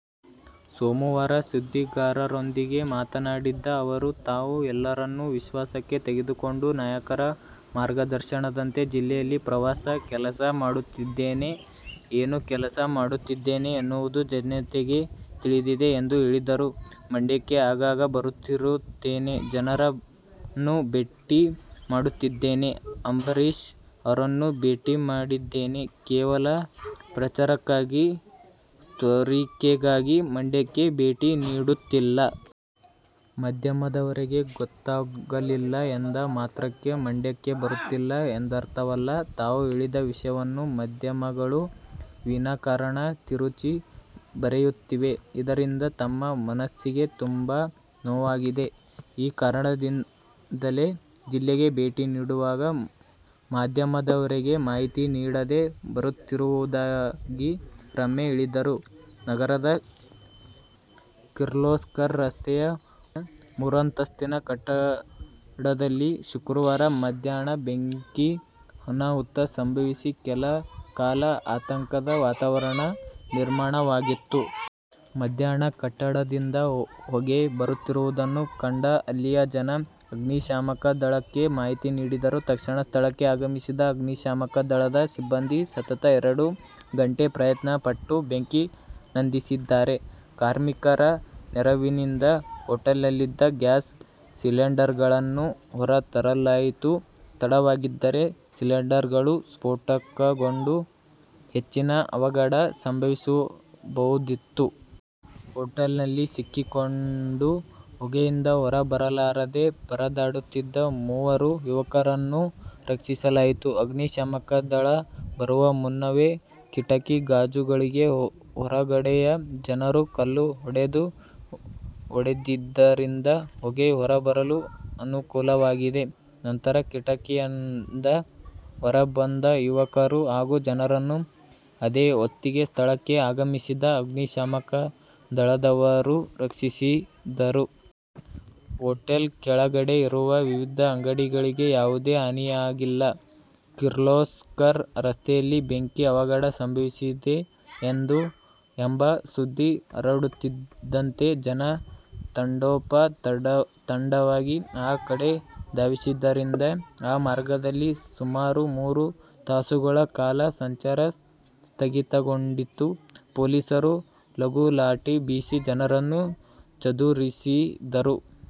ಸೋಮವಾರ ಸುದ್ದಿಗಾರರೊಂದಿಗೆ ಮಾತನಾಡಿದ ಅವರು, ತಾವು ಎಲ್ಲರನ್ನೂ ವಿಶ್ವಾಸಕ್ಕೆ ತೆಗೆದುಕೊಂಡು ನಾಯಕರ ಮಾರ್ಗದರ್ಶನದಂತೆ ಜಿಲ್ಲೆಯಲ್ಲಿ ಪ್ರವಾಸ, ಕೆಲಸ ಮಾಡುತ್ತಿದ್ದೇನೆ. ಏನು ಕೆಲಸ ಮಾಡುತ್ತಿದ್ದೇನೆ ಎನ್ನುವುದು ಜನತೆಗೆ ತಿಳಿದಿದೆ ಎಂದು ಹೇಳಿದರು. ಮಂಡ್ಯಕ್ಕೆ ಆಗಾಗ ಬರುತ್ತಿರುತ್ತೇನೆ. ಜನರನ್ನು ಭೇಟಿ ಮಾಡುತ್ತಿದ್ದೇನೆ. ಅಂಬರೀಶ್ ಅವರನ್ನೂ ಭೇಟಿ ಮಾಡಿದ್ದೇನೆ. ಕೇವಲ ಪ್ರಚಾರಕ್ಕಾಗಿ, ತೋರಿಕೆಗಾಗಿ ಮಂಡ್ಯಕ್ಕೆ ಭೇಟಿ ನೀಡುತ್ತಿಲ್ಲ. ಮಾಧ್ಯಮದವರಿಗೆ ಗೊತ್ತಾಗಲಿಲ್ಲ ಎಂದ ಮಾತ್ರಕ್ಕೆ ಮಂಡ್ಯಕ್ಕೆ ಬರುತ್ತಿಲ್ಲ ಎಂದರ್ಥವಲ್ಲ. ತಾವು ಹೇಳಿದ ವಿಷಯವನ್ನು ಮಾಧ್ಯಮಗಳು ವಿನಾ ಕಾರಣ ತಿರುಚಿ ಬರೆಯುತ್ತಿವೆ. ಇದರಿಂದ ತಮ್ಮ ಮನಸ್ಸಿಗೆ ತುಂಬಾ ನೋವಾಗಿದೆ. ಈ ಕಾರಣದಿಂಲೇ ಜಿಲ್ಲೆಗೆ ಭೇಟಿ ನೀಡುವಾಗ ಮಾಧ್ಯಮದವರಿಗೆ ಮಾಹಿತಿ ನೀಡದೆ ಬರುತ್ತಿರುವುದಾಗಿ ರಮ್ಯಾ ಹೇಳಿದರು. ನಗರದ ಕಿರ್ಲೋಸ್ಕರ್ ರಸ್ತೆಯ ಮೂರಂತಸ್ತಿನ ಕಟ್ಟಡದಲ್ಲಿ ಶುಕ್ರವಾರ ಮಧ್ಯಾಹ್ನ ಬೆಂಕಿ ಅನಾಹುತ ಸಂಭವಿಸಿ ಕೆಲ ಕಾಲ ಆತಂಕದ ವಾತಾವರಣ ನಿರ್ಮಾಣವಾಗಿತ್ತು. ಮಧ್ಯಾಹ್ನ ಕಟ್ಟಡದಿಂದ ಹೊಗೆ ಬರುತ್ತಿರುವುದನ್ನು ಕಂಡ ಅಲ್ಲಿಯ ಜನ ಅಗ್ನಿಶಾಮಕ ದಳಕ್ಕೆ ಮಾಹಿತಿ ನೀಡಿದರು. ತಕ್ಷಣ ಸ್ಥಳಕ್ಕೆ ಆಗಮಿಸಿದ ಅಗ್ನಿಶಾಮಕ ದಳದ ಸಿಬ್ಬಂದಿ ಸತತ ಎರಡು ಗಂಟೆ ಪ್ರಯತ್ನ ಪಟ್ಟು ಬೆಂಕಿ ನಂದಿಸಿದ್ದಾರೆ. ಕಾರ್ಮಿಕರ ನೆರವಿನಿಂದ ಹೊಟೇಲ್ನಲ್ಲಿದ್ದ ಗ್ಯಾಸ್ ಸಿಲಿಂಡರ್ಗಳನ್ನು ಹೊರ ತರಲಾಯಿತು. ತಡವಾಗಿದ್ದರೆ ಸಿಲಿಂಡರ್ಗಳು ಸ್ಫೋಟಗೊಂಡು ಹೆಚ್ಚಿನ ಅವಘಡ ಸಂಭವಿಸಬಹುದಿತ್ತು. ಹೊಟೇಲ್ನಲ್ಲಿ ಸಿಕ್ಕಿಕೊಂಡು ಹೊಗೆಯಿಂದ ಹೊರ ಬರಲಾರದೇ ಪರದಾಡುತ್ತಿದ್ದ ಮೂವರು ಯುವಕರನ್ನು ರಕ್ಷಿಸಲಾಯಿತು. ಅಗ್ನಿ ಶಾಮಕ ದಳ ಬರುವ ಮುನ್ನವೇ ಕಿಟಕಿ ಗಾಜುಗಳಿಗೆ ಹೊರಗಡೆಯ ಜನರು ಕಲ್ಲು ಹೊಡೆದು ಒಡೆದಿದ್ದರಿಂದ ಹೊಗೆ ಹೊರಬರಲು ಅನುಕೂಲವಾಗಿದೆ. ನಂತರ ಕಿಟಕಿಯಿಂದ ಹೊರಬಂದ ಯುವಕರು ಹಾಗೂ ಜನರನ್ನು ಅದೇ ಹೊತ್ತಿಗೆ ಸ್ಥಳಕ್ಕೆ ಆಗಮಿಸಿದ ಅಗ್ನಿಶಾಮಕ ದಳದವರು ರಕ್ಷಿಸಿದರು. ಹೊಟೇಲ್ ಕೆಳಗಡೆ ಇರುವ ವಿವಿಧ ಅಂಗಡಿಗಳಿಗೆ ಯಾವುದೇ ಹಾನಿಯಾಗಿಲ್ಲ. ಕಿರ್ಲೋಸ್ಕರ್ ರಸ್ತೆಯಲ್ಲಿ ಬೆಂಕಿ ಅವಘಡ ಸಂಭವಿಸಿದೆ ಎಂಬ ಸುದ್ದಿ ಹರಡುತ್ತಿದ್ದಂತೆ ಜನ ತಂಡೋಪ ತಂಡವಾಗಿ ಆ ಕಡೆ ಧಾವಿಸಿದ್ದರಿಂದ ಆ ಮಾರ್ಗದಲ್ಲಿ ಸುಮಾರು ಮೂರು ತಾಸುಗಳ ಕಾಲ ಸಂಚಾರ ಸ್ಥಗಿತಗೊಂಡಿತು. ಪೊಲೀಸರು ಲಘು ಲಾಠಿ ಬೀಸಿ ಜನರನ್ನು ಚದುರಿಸಿದರು.